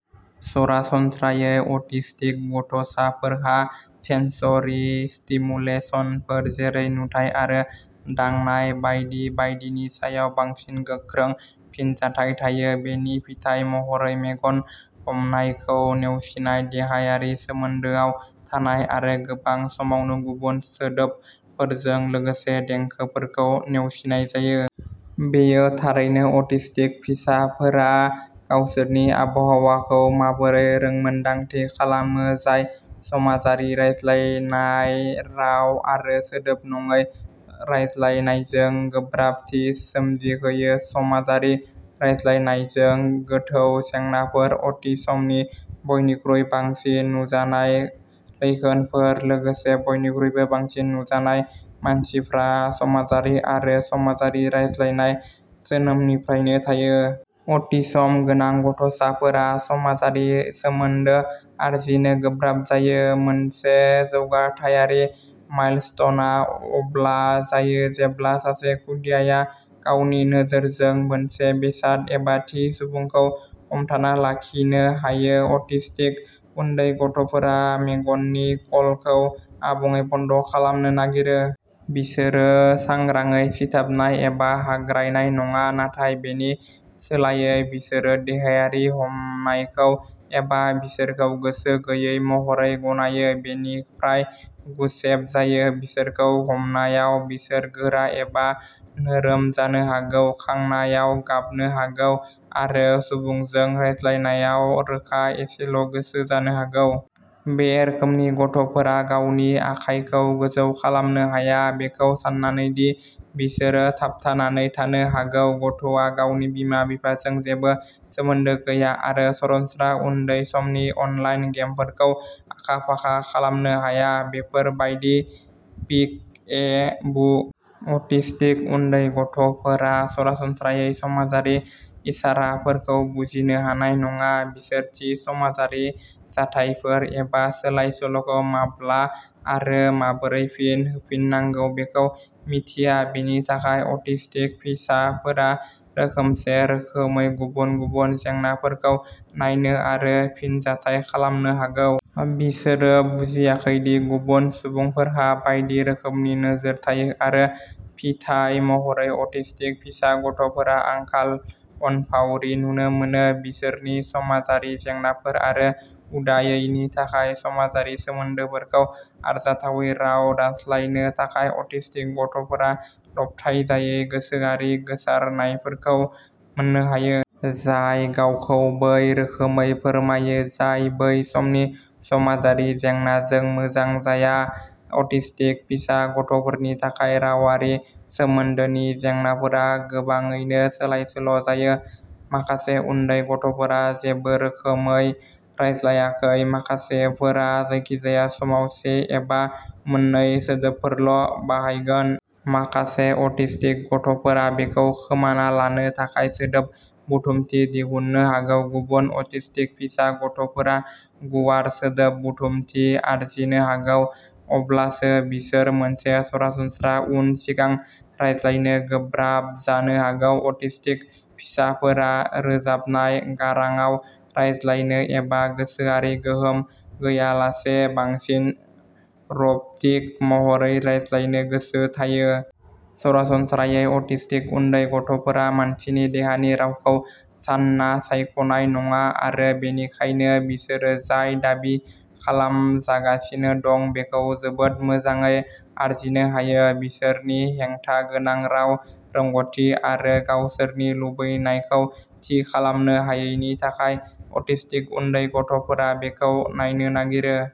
सरासनस्रायै अटिस्टिक गथ'साफोरहा सेन्स'रि स्टिमुलेसनफोर जेरै नुथाइ आरो दांनाय बायदि बायदिनि सायाव बांसिन गोख्रों फिनजाथाय थायो। बेनि फिथाय महरै मेगन हमनायखौ नेवसिनाय देहायारि सोमोन्दोआव थानाय, आरो गोबां समावनो गुबुन सोदोबफोरजों लोगोसे देंखोफोरखौ नेवसिनाय जायो। बेयो थारैनो अटिस्टिक फिसाफोरा गावसोरनि आबहावाखौ माबोरै रोंमोन्दांथि खालामो जाय समाजारि रायज्लायनाय राव आरो सोदोब नङै रायज्लायनायजों गोब्राबथि सोमजिहोयो। समाजारि रायज्लायनायजों गोथौ जेंनाफोरा अटिसमनि बयनिख्रुइ बांसिन नुजानाय लैखोनफोर लोगोसे बयनिख्रुइबो बांसिन नुजानाय। मानसिफ्रा समाजारि आरो समाजारि रायज्लायनाय, जोनोमनिफ्रायनो थायो। अटिसम गोनां गथ'साफोरा समाजारि सोमोन्दो आरजिनो गोब्राब जायो। मोनसे जौगाथायारि माइलस्टनआ अब्ला जायो जेब्ला सासे खुदियाया गावनि नोजोरजों मोनसे बेसाद एबा थि सुबुंखौ हमथाना लाखिनो हायो। अटिस्टिक उन्दै गथ'फोरा मेगननि कलखौ आबुङै बन्द' खालामनो नागिरो। बिसोरो सांग्राङै सिथाबनाय एबा हाग्रायनाय नङा नाथाय बेनि सोलायै बिसोरो देहायारि हमनायखौ एबा बिसोरखौ गोसो गैयै महरै गनायो। बेनिफ्राय गुसेब जायो। बिसोरखौ हमनायाव बिसोर गोरा एबा नोरोम जानो हागौ, खांनायाव गाबनो हागौ, आरो सुबुंजों रायज्लायनायाव रोखा एसेल' गोसो जानो हागौ। बे रोखोमनि गथ'फोरा गावनि आखाइखौ गोजौ खालामनो हाया। बेखौ साननानै दि बिसोर थाबथानानै थानो हागौ। गथ'आ गावनि बिमा-बिफाजों जेबो सोमोन्दो गैया आरो सरासनस्रा उन्दै समनि अनलाइन गेमफोरखौ आखा-फाखा खालामनो हाया। बेफोर बायदि पिक ए बु। अटिस्टिक उन्दै गथ'फोरा सरासनस्रायै समाजारि इसाराफोरखौ बुजिनो हानाय नङा। बिसोर थि समाजारि जाथायफोर एबा सोलाय-सोल'खौ माब्ला आरो माबोरै फिन होफिननांगौ बेखौ मिथिया। बेनि थाखाय अटिस्टिक फिसाफोरा रोखोमसे रोखोमै गुबुन गुबुन जेंनाफोरखौ नायनो आरो फिनजाथाय खालामनो हागौ। बिसोरो बुजियाखै दि गुबुन सुबुंफोरहा बायदि रोखोमनि नोजोर थायो आरो फिथाय महरै अटिस्टिक फिसा गथ'फोरा आंखाल अनफावरि नुनो मोनो। बिसोरनि समाजारि जेंनाफोर आरो उदायैनि थाखाय। समाजारि सोमोन्दोफोरखौ आरजाथावै राव दानस्लायनो थाखाय अटिस्टिक गथ'फोरा दबथायजायै गोसोआरि गोसारनायफोरखौ मोननो हायो। जाय गावखौ बै रोखोमै फोरमायो जाय बै समनि समाजारि जेंनाजों मोजां जाया। अटिस्टिक फिसा गथ'फोरनि थाखाय रावारि सोमोन्दोनि जेंनाफोरा गोबाङैनो सोलाय-सोल' जायो। माखासे उन्दै गथ'फोरा जेबो रोखोमै रायज्लायाखै। माखासेफोरा जायखिजाया समाव से एबा मोननै सोदोबफोरल' बाहायगोन। माखासे अटिस्टिक गथ'फोरा बेखौ खोमाना लानो थाखाय सोदोब बुथुमथि दिहुननो हागौ। गुबुन अटिस्टिक फिसा गथ'फोरा गुवार सोदोब बुथुमथि आरजिनो हागौ। अब्लाबो बिसोर मोनसे सरासनस्रा उन सिगां रायज्लायनो गोब्राब जानो हागौ। अटिस्टिक फिसाफोरहा रोजाबनाय गारांआव रायज्लायनो एबा गोसोआरि गोहोम गैयालासे बांसिन रब'टिक महरै रायज्लायनो गोसो थायो। सरासनस्रायै अटिस्टिक उन्दै गथ'फोरा मानसिनि देहानि रावखौ सानना सायख'नाय नङा आरो बेनिखायनो बिसोरो जाय दाबि खालामजागासिनो दं बेखौ जोबोद मोजाङै आरजिनो हायो। बिसोरनि हेंथा गोनां राव रोंग'थि आरो गावसोरनि लुबैनायखौ थि खालामनो हायैनि थाखाय अटिस्टिक उन्दै गथ'फोरा बेखौ नायनो नागिरो।